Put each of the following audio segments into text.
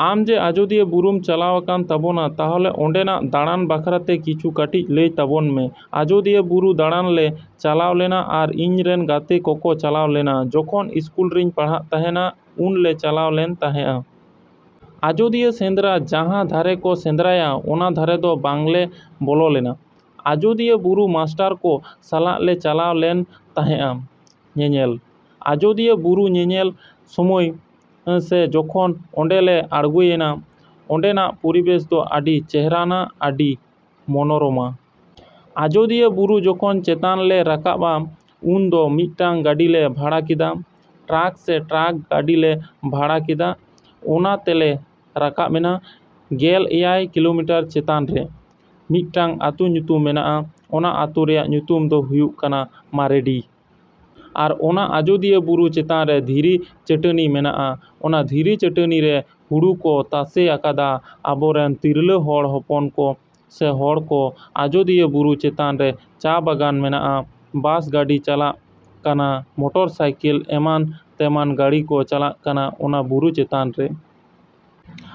ᱟᱢ ᱡᱮ ᱟᱡᱳᱫᱤᱭᱟᱹ ᱵᱩᱨᱩᱢ ᱪᱟᱞᱟᱣ ᱟᱠᱟᱱ ᱛᱟᱵᱚᱱᱟ, ᱛᱟᱦᱞᱮ ᱚᱸᱰᱮᱱᱟᱜ ᱫᱟᱬᱟᱱ ᱵᱟᱠᱷᱨᱟᱛᱮ ᱠᱤᱪᱷᱩ ᱠᱟᱹᱴᱤᱡ ᱞᱟᱹᱭ ᱟᱛᱟᱵᱚᱱ ᱢᱮ᱾ ᱟᱡᱳᱫᱤᱭᱟᱹ ᱵᱩᱨᱩ ᱫᱟᱬᱟᱱ ᱞᱮ ᱪᱟᱞᱟᱣ ᱞᱮᱱᱟ ᱟᱨ ᱤᱧᱨᱮᱱ ᱜᱟᱛᱮ ᱠᱚᱠᱚ ᱪᱟᱞᱟᱣ ᱞᱮᱱᱟ᱾ ᱡᱚᱠᱷᱚᱱ ᱤᱥᱠᱩᱞ ᱨᱤᱧ ᱯᱟᱲᱦᱟᱜ ᱛᱟᱦᱮᱱᱟ ᱩᱱᱞᱮ ᱪᱟᱞᱟᱣ ᱞᱮᱱ ᱛᱟᱦᱮᱸᱜᱼᱟ᱾ ᱟᱡᱳᱫᱤᱭᱟᱹ ᱥᱮᱸᱫᱽᱨᱟ ᱡᱟᱦᱟᱸ ᱫᱷᱟᱨᱮ ᱠᱚ ᱥᱮᱸᱫᱽᱨᱟᱭᱟ ᱚᱱᱟ ᱫᱷᱟᱨᱮ ᱫᱚ ᱵᱟᱝᱞᱮ ᱵᱚᱞᱚ ᱞᱮᱱᱟ᱾ ᱟᱡᱳᱫᱤᱭᱟᱹ ᱵᱩᱨᱩ ᱢᱟᱥᱴᱟᱨ ᱠᱚ ᱥᱟᱞᱟᱜ ᱞᱮ ᱪᱟᱞᱟᱣ ᱞᱮᱱ ᱛᱟᱦᱮᱸᱜᱼᱟ ᱧᱮᱧᱮᱞ᱾ ᱟᱡᱳᱫᱤᱭᱟᱹ ᱵᱩᱨᱩ ᱧᱮᱞ ᱥᱚᱢᱚᱭ ᱥᱮ ᱡᱚᱠᱷᱚᱱ ᱚᱸᱰᱮᱞᱮ ᱟᱬᱜᱳᱭᱮᱱᱟ, ᱚᱸᱰᱮᱱᱟᱜ ᱯᱚᱨᱤᱵᱮᱥ ᱫᱚ ᱟᱹᱰᱤ ᱪᱮᱦᱨᱟᱱᱟ, ᱟᱹᱰᱤ ᱢᱚᱱᱳᱨᱚᱢᱟ᱾ ᱟᱡᱳᱫᱤᱭᱟᱹ ᱵᱩᱨᱩ ᱡᱚᱠᱷᱚᱱ ᱪᱮᱛᱟᱱᱞᱮ ᱨᱟᱠᱟᱵᱟ ᱩᱱᱫᱚ ᱢᱤᱫᱴᱟᱱ ᱜᱟᱹᱰᱤᱞᱮ ᱵᱷᱟᱲᱟ ᱠᱮᱫᱟ, ᱴᱨᱟᱠ ᱥᱮ ᱴᱨᱟᱠ ᱜᱟᱹᱰᱤᱞᱮ ᱵᱷᱟᱲᱟ ᱠᱮᱫᱟ᱾ ᱚᱱᱟ ᱛᱮᱞᱮ ᱨᱟᱠᱟᱵᱱᱟ᱾ ᱜᱮᱞ ᱮᱭᱟᱭ ᱠᱤᱞᱳᱢᱤᱴᱟᱨ ᱪᱮᱛᱟᱱᱨᱮ ᱢᱤᱫᱴᱟᱱ ᱟᱛᱳ ᱧᱩᱛᱩᱢ ᱢᱮᱱᱟᱜᱼᱟ, ᱚᱱᱟ ᱟᱛᱳ ᱨᱮᱭᱟᱜ ᱧᱩᱛᱩᱢ ᱫᱚ ᱦᱩᱭᱩᱜ ᱠᱟᱱᱟ ᱢᱟᱨᱮᱰᱤ᱾ ᱟᱨ ᱚᱱᱟ ᱟᱡᱳᱫᱤᱭᱟᱹ ᱵᱩᱨᱩ ᱪᱮᱛᱟᱱᱨᱮ ᱫᱷᱤᱨᱤ ᱪᱟᱹᱴᱟᱹᱱᱤ ᱢᱮᱱᱟᱜᱼᱟ᱾ ᱚᱱᱟ ᱫᱷᱤᱨᱤ ᱪᱟᱹᱴᱟᱹᱱᱤᱨᱮ ᱦᱩᱲᱩ ᱠᱚ ᱛᱟᱥᱮ ᱟᱠᱟᱫᱟ ᱟᱵᱚ ᱨᱮᱱ ᱛᱤᱨᱞᱟᱹ ᱦᱚᱲ ᱦᱚᱯᱚᱱ ᱠᱚ ᱥᱮ ᱦᱚᱲᱠᱚ᱾ ᱟᱡᱳᱫᱤᱭᱟᱹ ᱵᱩᱨᱩ ᱪᱮᱛᱟᱱ ᱨᱮ ᱪᱟ ᱵᱟᱜᱟᱱ ᱢᱮᱱᱟᱜᱼᱟ᱾ ᱵᱟᱥ ᱜᱟᱹᱰᱤ ᱪᱟᱞᱟᱜ ᱠᱟᱱᱟ, ᱢᱳᱴᱚᱨ ᱥᱟᱭᱠᱮᱞ ᱮᱢᱟᱱ ᱛᱮᱢᱟᱱ ᱜᱟᱹᱲᱤ ᱠᱚ ᱪᱟᱞᱟᱜ ᱠᱟᱱᱟ ᱚᱱᱟ ᱵᱩᱨᱩ ᱪᱮᱛᱟᱱ ᱨᱮ᱾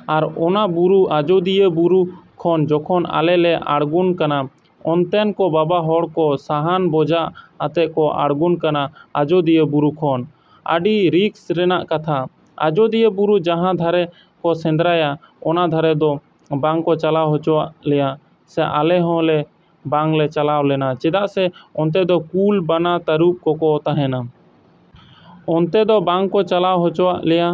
ᱟᱨ ᱚᱱᱟ ᱵᱩᱨᱩ ᱟᱡᱳᱫᱤᱭᱟᱹ ᱵᱩᱨᱩ ᱠᱷᱚᱱ ᱡᱮᱠᱷᱚᱱ ᱟᱞᱮ ᱞᱮ ᱟᱬᱜᱚᱱ ᱠᱟᱱᱟ, ᱚᱱᱛᱮᱱ ᱠᱚ ᱵᱟᱵᱟ ᱦᱚᱲ ᱠᱚ ᱥᱟᱦᱟᱱ ᱵᱚᱡᱷᱟ ᱟᱛᱮᱜ ᱠᱚ ᱟᱬᱜᱚᱱ ᱠᱟᱱᱟ ᱟᱡᱳᱫᱤᱭᱳ ᱵᱩᱨᱩ ᱠᱷᱚᱱ᱾ ᱟᱹᱰᱤ ᱨᱤᱠᱥ ᱨᱮᱱᱟᱜ ᱠᱟᱛᱷᱟ᱾ ᱟᱡᱳᱫᱤᱭᱟᱹ ᱵᱩᱨᱩ ᱡᱟᱦᱟᱸ ᱫᱷᱟᱨᱮ ᱠᱚ ᱥᱮᱸᱫᱽᱨᱟᱭᱟ ᱚᱱᱟ ᱫᱷᱟᱨᱮ ᱫᱚ ᱵᱟᱝᱠᱚ ᱪᱟᱞᱟᱣ ᱦᱚᱪᱚᱣᱟᱜ ᱞᱮᱭᱟ ᱥᱮ ᱟᱞᱮ ᱦᱚᱸᱞᱮ ᱵᱟᱝᱞᱮ ᱪᱟᱞᱟᱣ ᱞᱮᱱᱟ ᱪᱮᱫᱟᱜ ᱥᱮ ᱚᱱᱛᱮ ᱫᱚ ᱠᱩᱞ, ᱵᱟᱱᱟ, ᱛᱟᱹᱨᱩᱵ ᱠᱚᱠᱚ ᱛᱟᱦᱮᱱᱟ᱾ ᱚᱱᱛᱮ ᱫᱚ ᱵᱟᱝᱠᱚ ᱪᱟᱞᱟᱣ ᱦᱚᱪᱚᱣᱟᱜ ᱞᱮᱭᱟ᱾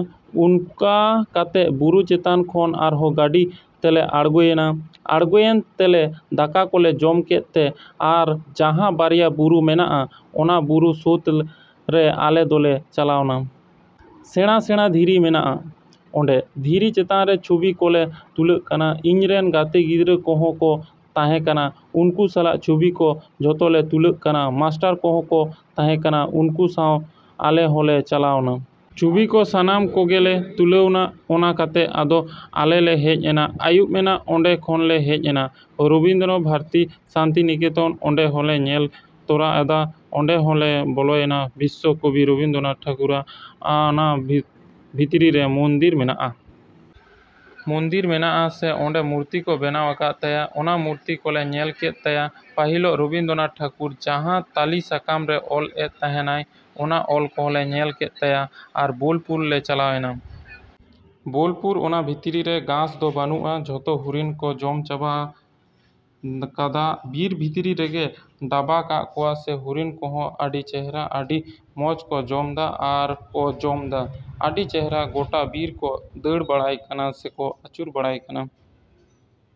ᱚᱱᱠᱟ ᱠᱟᱛᱮᱜ ᱵᱩᱨᱩ ᱪᱮᱛᱟᱱ ᱠᱷᱚᱱ ᱟᱨᱦᱚᱸ ᱜᱟᱹᱰᱤ ᱛᱮᱞᱮ ᱟᱬᱜᱳᱭᱮᱱᱟ᱾ ᱟᱬᱜᱚᱭᱮᱱ ᱛᱮᱞᱮ ᱫᱟᱠᱟ ᱠᱚᱞᱮ ᱡᱚᱢ ᱠᱮᱫ ᱛᱮ ᱟᱨ ᱡᱟᱦᱟᱸ ᱵᱟᱨᱭᱟ ᱵᱩᱨᱩ ᱢᱮᱱᱟᱜᱼᱟ ᱚᱱᱟ ᱵᱩᱨᱩ ᱥᱳᱛᱨᱮ ᱟᱞᱮ ᱫᱚᱞᱮ ᱪᱟᱞᱟᱣᱱᱟ᱾ ᱥᱮᱬᱟ ᱥᱮᱬᱟ ᱫᱷᱤᱨᱤ ᱢᱮᱱᱟᱼᱟ ᱚᱸᱰᱮ᱾ ᱫᱷᱤᱨᱤ ᱪᱮᱛᱟᱱ ᱨᱮ ᱪᱷᱚᱵᱤ ᱠᱚᱞᱮ ᱛᱩᱞᱟᱹᱜ ᱠᱟᱱᱟ᱾ ᱤᱧ ᱨᱮᱱ ᱜᱟᱛᱮ ᱜᱤᱫᱽᱨᱟᱹ ᱠᱚᱦᱚᱸ ᱠᱚ ᱛᱟᱦᱮᱸ ᱠᱟᱱᱟ᱾ ᱩᱱᱠᱩ ᱥᱟᱞᱟᱜ ᱪᱷᱚᱵᱤ ᱠᱚ ᱡᱚᱛᱚᱞᱮ ᱛᱩᱞᱟᱹᱜ ᱠᱟᱱᱟ᱾ ᱢᱟᱥᱴᱟᱨ ᱠᱚᱦᱚᱸ ᱠᱚ ᱛᱟᱦᱮᱸ ᱠᱟᱱᱟ ᱩᱱᱠᱩ ᱥᱟᱶ ᱟᱞᱮ ᱦᱚᱸᱞᱮ ᱪᱟᱞᱟᱣᱱᱟ᱾ ᱪᱷᱚᱵᱤ ᱠᱚ ᱥᱟᱱᱟᱢ ᱠᱚᱜᱮᱞᱮ ᱛᱩᱞᱟᱹᱣᱱᱟ᱾ ᱤᱱᱟᱹ ᱠᱟᱛᱮᱜ ᱟᱫᱚ ᱟᱞᱮ ᱞᱮ ᱦᱮᱡ ᱮᱱᱟ᱾ ᱟᱹᱭᱩᱵ ᱮᱱᱟ ᱚᱸᱰᱮ ᱠᱷᱚᱱᱞᱮ ᱦᱮᱡ ᱮᱱᱟ᱾ ᱨᱚᱵᱤᱱᱫᱨᱚ ᱵᱷᱟᱨᱛᱤ ᱥᱟᱱᱛᱤᱱᱤᱠᱮᱛᱚᱱ ᱚᱸᱰᱮ ᱦᱚᱸᱞᱮ ᱧᱮᱞ ᱛᱚᱨᱟ ᱟᱫᱟ᱾ ᱚᱸᱰᱮ ᱦᱚᱸᱞᱮ ᱵᱚᱞᱚᱭᱮᱱᱟ᱾ ᱵᱤᱥᱥᱚ ᱠᱚᱵᱤ ᱨᱚᱵᱤᱱᱫᱨᱚᱱᱟᱛᱷ ᱴᱷᱟᱹᱠᱩᱨᱟᱜ ᱚᱱᱟ ᱵᱷᱤᱛᱨᱤ ᱨᱮ ᱢᱚᱱᱫᱤᱨ ᱢᱮᱱᱟᱜᱼᱟ᱾ ᱢᱚᱱᱫᱤᱨ ᱢᱮᱱᱟᱜᱼᱟ ᱥᱮ ᱚᱸᱰᱮ ᱢᱩᱨᱛᱤ ᱠᱚ ᱵᱮᱱᱟᱣ ᱟᱠᱟᱫ ᱛᱟᱭᱟ᱾ ᱚᱱᱟ ᱢᱩᱨᱛᱤ ᱠᱚᱞᱮ ᱧᱮᱞ ᱠᱮᱫ ᱛᱟᱭᱟ᱾ ᱯᱟᱹᱦᱤᱞᱚᱜ ᱨᱚᱵᱤᱱᱫᱨᱚᱱᱟᱛᱷ ᱴᱷᱟᱹᱠᱩᱨ ᱡᱟᱦᱟᱸ ᱛᱟᱞᱤ ᱥᱟᱠᱟᱢ ᱨᱮ ᱚᱞ ᱞᱮᱫ ᱛᱟᱦᱮᱸᱱᱟᱭ ᱚᱱᱟ ᱚᱞ ᱠᱚᱦᱚᱸᱞᱮ ᱧᱮᱞ ᱠᱮᱫ ᱛᱟᱭᱟ᱾ ᱟᱨᱦᱚᱸ ᱵᱳᱞᱯᱩᱨ ᱞᱮ ᱪᱟᱞᱟᱣᱮᱱᱟ᱾ ᱵᱳᱞᱯᱩᱨ ᱚᱱᱟ ᱵᱷᱤᱛᱨᱤ ᱨᱮ ᱜᱷᱟᱥ ᱫᱚ ᱵᱟᱹᱱᱩᱜᱼᱟ ᱡᱚᱛᱚ ᱦᱚᱨᱤᱱ ᱠᱚ ᱡᱚᱢ ᱪᱟᱵᱟ ᱠᱟᱫᱟ᱾ ᱵᱤᱨ ᱵᱷᱤᱛᱨᱤ ᱨᱮᱜᱮ ᱠᱚ ᱰᱟᱵᱟ ᱠᱟᱜ ᱠᱚᱣᱟ ᱥᱮ ᱦᱚᱨᱤᱱ ᱠᱚᱦᱚ ᱟᱹᱰᱤ ᱪᱮᱦᱨᱟ ᱟᱹᱰᱤ ᱢᱚᱡᱽ ᱠᱚ ᱡᱚᱢᱫᱟ ᱟᱨᱠᱚᱸ ᱡᱚᱢᱫᱟ᱾ ᱟᱹᱰᱤ ᱪᱮᱦᱨᱟ ᱠᱚ ᱜᱳᱴᱟ ᱵᱤᱨ ᱠᱚ ᱫᱟᱹᱲ ᱵᱟᱲᱟᱭ ᱠᱟᱱᱟ ᱥᱮᱠᱚ ᱟᱹᱪᱩᱨ ᱵᱟᱲᱟᱭ ᱠᱟᱱᱟ᱾